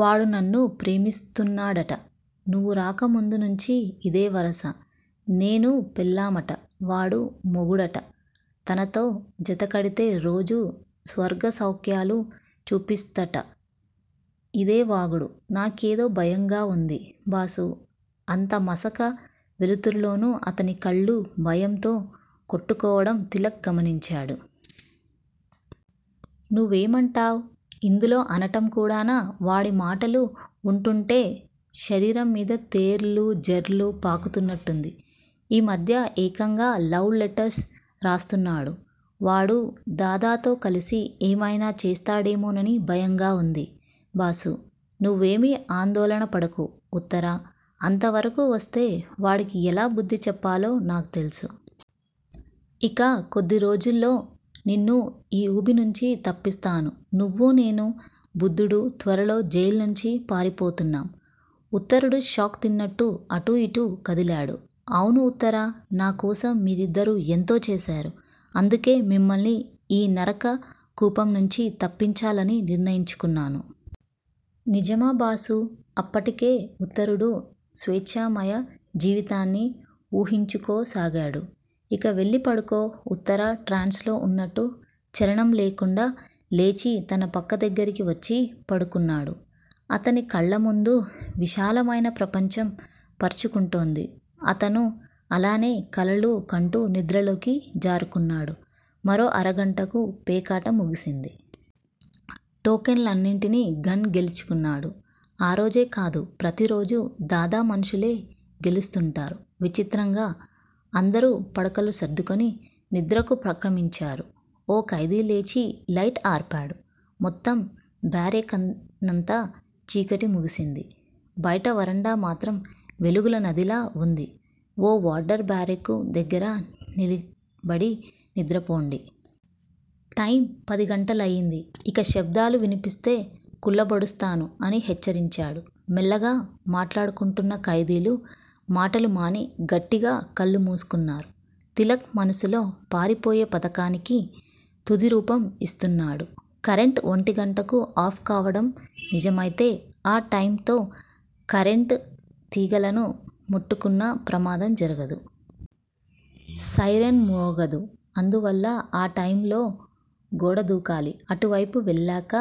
వాడు నన్ను ప్రేమిస్తున్నాడట. నువు రాక ముందు నుంచీ ఇదే వరస. నేను పెళ్ళామట, వాడు మొగుడట. తనతో జతకడితే రోజూ స్వర్గసౌఖ్యాలు చూపిస్తాట. ఇదే వాగుడు. నాకేదో భయంగా వుంది బాసూ అంత మసక వెలుతురులోనూ అతని కళ్ళు భయంతో కొట్టుకోవడం తిలక్ గమనించాడు. నువ్వేమంటున్నావ్? ఇందులో అనటం కూడానా! వాడి మాటలు వుంటుంటే శరీరం మీద తేళ్ళూ జెర్లూ పాకుతున్నట్టుంది. ఈ మధ్య ఏకంగా లవ్ లెటర్స్ రాస్తున్నాడు. వాడు దాదాతో కలిసి ఏమైనా చేస్తాడేమోనని భయంగా వుంది బాసూ. నువ్వేమీ ఆందోళనపడకు ఉత్తరా, అంతవరకూ వస్తే వాడికి ఎలా బుద్ధి చెప్పాలో నాకు తెలుసు. ఇక కొద్ది రోజుల్లో నిన్ను ఈ ఊబినుంచి తప్పిస్తాను. నువ్వూ, నేను, బుద్ధుడు త్వరలో జైలునుంచి పారిపోతున్నాం. ఉత్తరుడు షాక్ తిన్నట్టు అటూ ఇటూ కదిలాడు. అవును ఉత్తరా. నాకోసం మీరిద్దరూ ఎంతో చేశారు. అందుకే మిమ్మల్ని ఈ నరక కూపం నుంచి తప్పించాలని నిర్ణయించుకున్నాను. నిజమా బాసూ అప్పటికే ఉత్తరుడు స్వేచ్ఛామయ జీవితాన్ని వూహించుకోసాగాడు. ఇక వెళ్ళిపడుకో ఉత్తరా ట్రాన్స్ లో వున్నట్టు చలనం లేకుండా లేచి తన పక్క దగ్గరికి వచ్చి పడుకున్నాడు. అతని కళ్ళముందు విశాలమైన ప్రపంచం పరుచుకుంటోంది. అతను అలానే కలలు కంటూ నిద్రలోకి జారుకున్నాడు. మరో అరగంటకు పేకాట ముగిసింది. టోకన్లనన్నిటినీ గన్ గెలుచుకున్నాడు. ఆరోజే కాదు ప్రతిరోజూ దాదా మనుషులే గెలుస్తుంటారు విచిత్రంగా. అందరూ పడకలు సర్దుకుని నిద్రకుపక్రమించారు. ఓ ఖైదీలేచి లైట్ ఆర్పాడు. మొత్తం బ్యారెక్కునంతా చీకటి మింగేసింది. బయట వరండా మాత్రం వెలుగుల నదిలా వుంది. ఓ వార్డర్ బ్యారెక్కు దగ్గర నిలబడి నిద్రపోండి. టైమ్ పదిగంటలయింది. ఇక శబ్దాలు వినిపిస్తే కుళ్ళబొడుస్తాను అని హెచ్చరించాడు. మెల్లగా మాట్లాడుకుంటున్న ఖైదీలు మాటలు మాని గట్టిగా కళ్ళు మూసుకున్నారు. తిలక్ మనసులో పారిపోయే పథకానికి తుదిరూపం యిస్తున్నాడు. కరెంట్ ఒంటిగంటకు ఆఫ్ కావడం నిజమైతే ఆ టైమ్ తో కరెంట్ తీగలను ముట్టుకున్నా ప్రమాదం జరగదు. సైరన్ మ్రోగదు. అందువల్ల ఆ టైమ్ లో గోడదూకాలి. అటువైపు వెళ్ళాక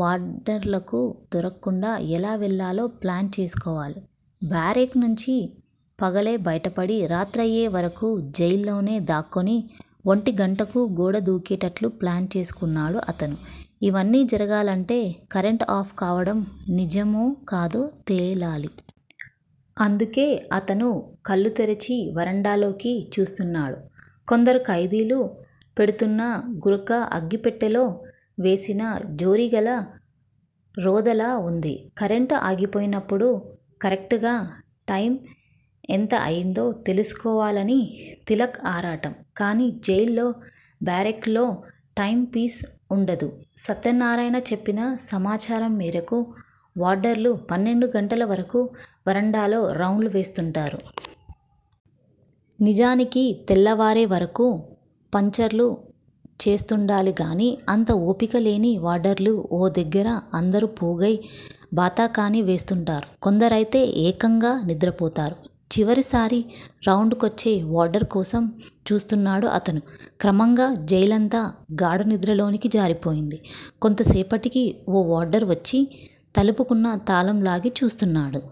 వార్డర్లకు దొరక్కుండా ఎలా వెళ్ళాలో ప్లాన్ చేసుకోవాలి. బ్యారెక్కు నుంచి పగలే బయటపడి, రాత్రయ్యేవరకు జైల్లోనే దాక్కుని ఒంటిగంటకు గోడ దూకేటట్లు ప్లాన్ చేసుకున్నాడు అతను. ఇవన్నీ జరగాలంటే కరెంట్ ఆఫ్ కావడం నిజమోకాదో తేలాలి. అందుకే అతను కళ్ళు తెరిచి వరండాలోకి చూస్తున్నాడు. కొందరు ఖైదీలు పెడుతున్న గురక అగ్గిపెట్టెలో వేసిన జోరీగల రొదలా వుంది. కరెంట్ ఆగిపోయినప్పుడు కరెక్టుగా టైమ్ ఎంత అయిందో తెలుసుకోవాలని తిలక్ ఆరాటం. కానీ జైళ్ళ బ్యారెక్కుల్లో టైమ్ పీస్ వుండదు. సత్యనారాయణ చెప్పిన సమాచారం మేరకు వార్డర్లు పన్నెండు గంటల వరకు వరండాలో రౌండ్లు వేస్తుంటారు. నిజానికి తెల్లవారే వరకూ పచార్లు చేస్తుండాలిగాని అంత ఓపికల్లేని వార్డర్లు ఓ దగ్గిర అందరూ పోగయి బాతాఖానీ వేస్తుంటారు. కొందరైతే ఏకంగా నిద్రపోతారు. చివరిసారి రౌండ్ కొచ్చే వార్డర్ కోసం చూస్తున్నాడు అతను. క్రమంగా జైలంతా గాఢనిద్రలోకి జారిపోయింది. కొంతసేపటికి ఓ వార్డర్ వచ్చి తలుపుకున్న తాళం లాగి చూస్తున్నాడు.